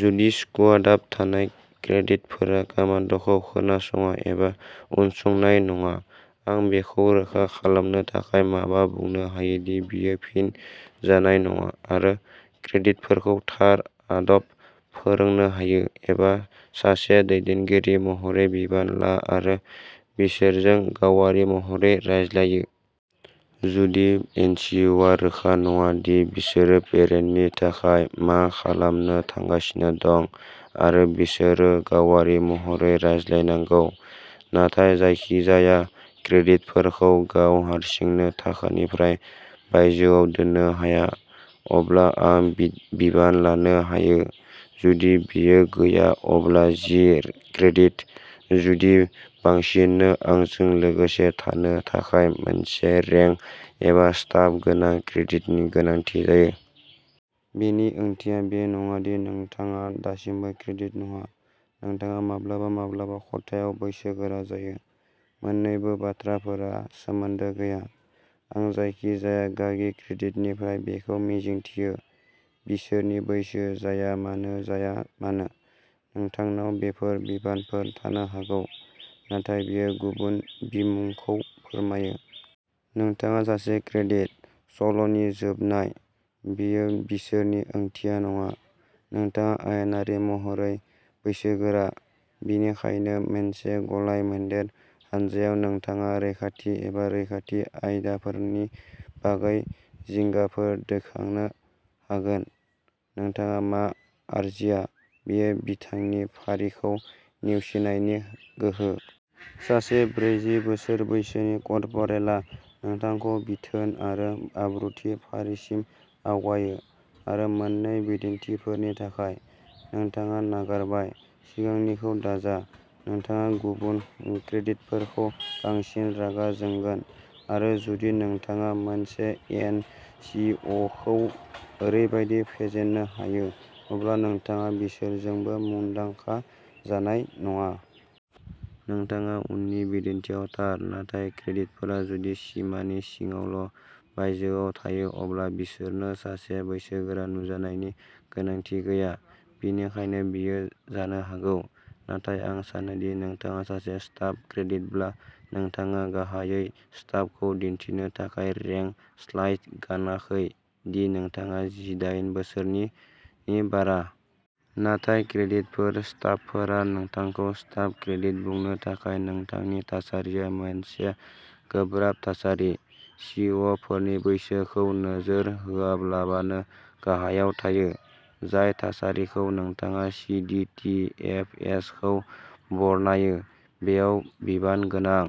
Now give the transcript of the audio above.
जुदि स्कुवादाब थानाय क्रेडिटफोरा कामान्ड'खौ खोनासङा एबा उनसंनाय नङा, आं बेखौ रोखा खालामनो थाखाय माबा बुंनो हायो दि बेयो फिन जानाय नङा आरो क्रेडिटफोरखौ थार आदब फोरोंनो हायो एबा सासे दैदेनगिरि महरै बिबान ला आरो बिसोरजों गावारि महरै रायज्लायो। जुदि एनसिअ'आ रोखा नङा दि बिसोरो पेरेडनि थाखाय मा खालामनो थांगासिनो दं आरो बिसोरो गावारि महरै रायज्लायनांगौ नाथाय जायखिजाया क्रेडिटफोरखौ गाव हारसिङैनो थाखानिफ्राय बायजोआव दोननो हाया, अब्ला आं बिबान लानो हायो। जुदि बेयो गैया अब्ला जि केडेट, जुदि बांसिननो आंजों लोगोसे थानो थाखाय मोनसे रेंक एबा स्टाफ गोनां क्रेडिटनि गोनांथि जायो। बेनि ओंथिया बे नङा दि नोंथाङा दासिमबो केडेट नङा। नोंथाङा माब्लाबा माब्लाबा खथायाव बैसोगोरा जायो। मोन्नैबो बाथ्राफोरा सोमोन्दो गैया। आं जायखिजाया गागि क्रेडिटनिफ्राय बेखौ मिजिंथियो, बिसोरनि बैसो जायामानो जाया मानो। नोंथांनाव बेफोर बिबानफोर थानो हागौ, नाथाय बेयो गुबुन बिमुंखौ फोरमायो। नोंथाङा सासे क्रेडेट। सल'नि जोबनाय। बेयो बिसोरनि ओंथिया नङा। नोंथाङा आयेनारि महरै बैसोगोरा, बेनिखायनो मोनसे गलाय-मोनदेर हानजायाव नोंथाङा रैखाथि एबा रैखाथि आयदाफोरनि बागै जिंगाफोर दैखांनो हागोन। नोंथाङा मा आरजिया, बेयो बिथोननि फारिखौ नेवसिनायनि गोहो। सासे ब्रैजि बोसोर बैसोनि कर्परेलआ नोंथांखौ बिथोन आरो आब्रुथि फारिसिम आवगायो आरो मोन्नै बिदिन्थिफोरनि थाखाय। नोंथाङा नागारबाय, सिगांनिखौ दाजा। नोंथाङा गुबुन क्रेडेटफोरखौ बांसिन रागा जोंगोन आरो जुदि नोंथाङा मोनसे एन सि अखौ ओरैबायदि फेजेन्नो हायो, अब्ला नोंथाङा बिसोरजोंबो मुंदांखा जानाय नङा। नोंथाङा उननि बिदिन्थिआव थार, नाथाय क्रेडेटफोरा जुदि सिमानि सिङावल' बायजोआव थायो अब्ला बिसोरनो सासे बैसोगोरा नुजानायनि गोनांथि गैया। बेनिखायनो बेयो जानो हागौ। नाथाय आं सानो दि नोंथाङा सासे स्टाफ क्रेडेटब्ला नोंथाङा गाहायै स्टाफखौ दिन्थिनो थाखाय रेंक स्लाइड गानाखै दि नोंथाङा जिदाइन बोसोरनिनि बारा। नाथाय क्रेडेटफोर स्टाफफोरा नोंथांखौ स्टाफ क्रेडेट बुंनो थाखाय नोंथांनि थासारिया मोनसे गोब्राब थासारि। सि अ'फोरनि बैसोखौ नोजोर होआब्लाबानो गाहायाव थायो। जाय थासारिखौ नोंथाङा सी डी टी एफ एसखौ बरनायो, बेयाव बिबान गोनां।